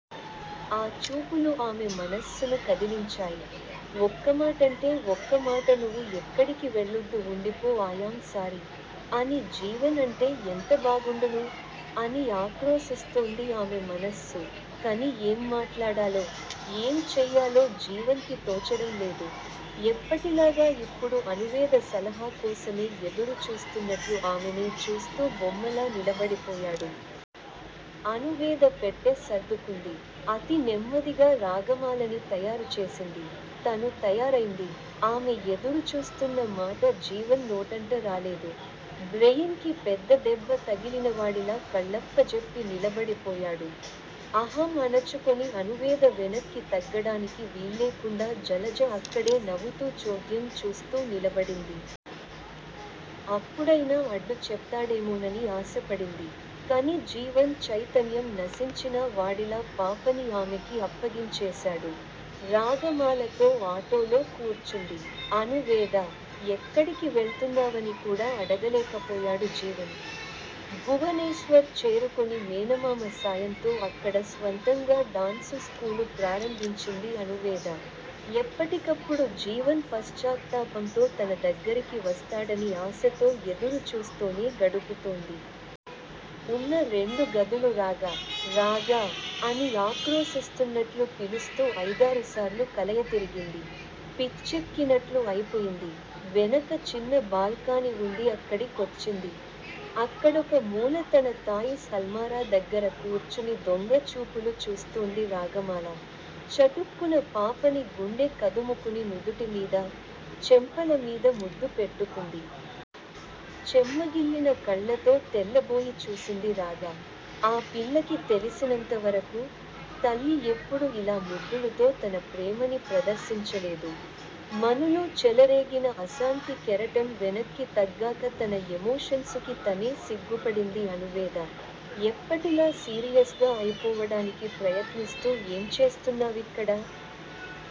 ఆ చూపులు ఆమె మనస్సును కదిలించాయి. ఒక్కమాటంటే ఒక్క మాట నువు ఎక్కడికి వెళ్లొద్దు వుండిపో ఆయామ్ సారీ! అని జీవన్ అంటే ఎంత బాగుండును? అని ఆక్రోశిస్తోంది ఆమె మనస్సు. కని ఏం మాట్లాడాలో, ఏం చెయ్యాలో జీవన్ కి తోచడం లేదు. ఎప్పటిలాగా యిప్పుడు అణువేద సలహా కోసమే ఎదురు చూస్తున్నట్లు ఆమెనే చూస్తూ బొమ్మలా నిలబడిపోయాడు. అణువేద పెట్టె సర్దుకుంది. అతి నెమ్మదిగా రాగమాలని తయారుచేసింది. తను తయారైంది. ఆమె ఎదురుచూస్తున్న మాట జీవన్ నోటంట రాలేదు. బ్రెయిన్ కి పెద్ద దెబ్బ తగిలినవాడిలా కళ్ళప్పజెప్పి నిలబడిపోయాడు. అహం అణచుకొని అణువేద వెనక్కి తగ్గడానికి వీల్లేకుండా జలజ అక్కడే నవుతూ చోద్యం చూస్తూ నిలబడింది. అప్పుడైనా అడ్డు చెప్తాడేమోనని ఆశపడింది. కని జీవన్ చైతన్యం నశించినా వాడిలా పాపని ఆమెకి అప్పగించేశాడు. రాగమాలతో ఆటోలో కూర్చుంది. అణువేద. ఎక్కడికి వెళ్తున్నావని కూడా అడగలేకపోయాడు జీవన్. భువనేశ్వర్ చేరుకొని మేనమామ సాయంతో అక్కడ స్వంతంగా డాన్సు స్కూలు ప్రారంభించింది అణువేద. ఎప్పటికప్పుడు జీవన్ పశ్చాత్తాపంతో తన దగ్గరికి వస్తాడని ఆశతో ఎదురు చూస్తోనే గడుపుతోంది. ఉన్న రెండు గదులు రాగా! రాగా! అని ఆక్రోశిస్తున్నట్లు పిలుస్తూ ఐదారుసార్లు కలయతిరిగింది. పిచ్చెక్కినట్లు అయిపొయింది. వెనక చిన్న బాల్కాని వుంది అక్కడి కొచ్చింది. అక్కడొక మూల తన తాయిస్ అల్మారా దగ్గర కూర్చుని దొంగ చూపులు చూస్తోంది రాగమాల. చటుక్కున పాపని గుండె కదుముకుని నుదుటి మీద, చెంపల మీద ముద్దు పెట్టుకుంది. చెమ్మగిల్లిన కళ్ళతో తెల్లబోయి చూసింది రాగ. ఆ పిల్లకి తెలిసినంతవరకు, తల్లి యెప్పుడు ఇలా ముద్దులుతో తన ప్రేమని ప్రదర్శించలేదు. మనులో చెలరేగిన అశాంతి కెరటం వెనక్కి తగ్గాక తన ఎమోషన్సుకి తనే సిగ్గుపడింది అణువేద. ఎప్పటిలా సీరియస్ గా అయిపోవడానికి ప్రయత్నిస్తూ ఏం చేస్తున్నావిక్కడ?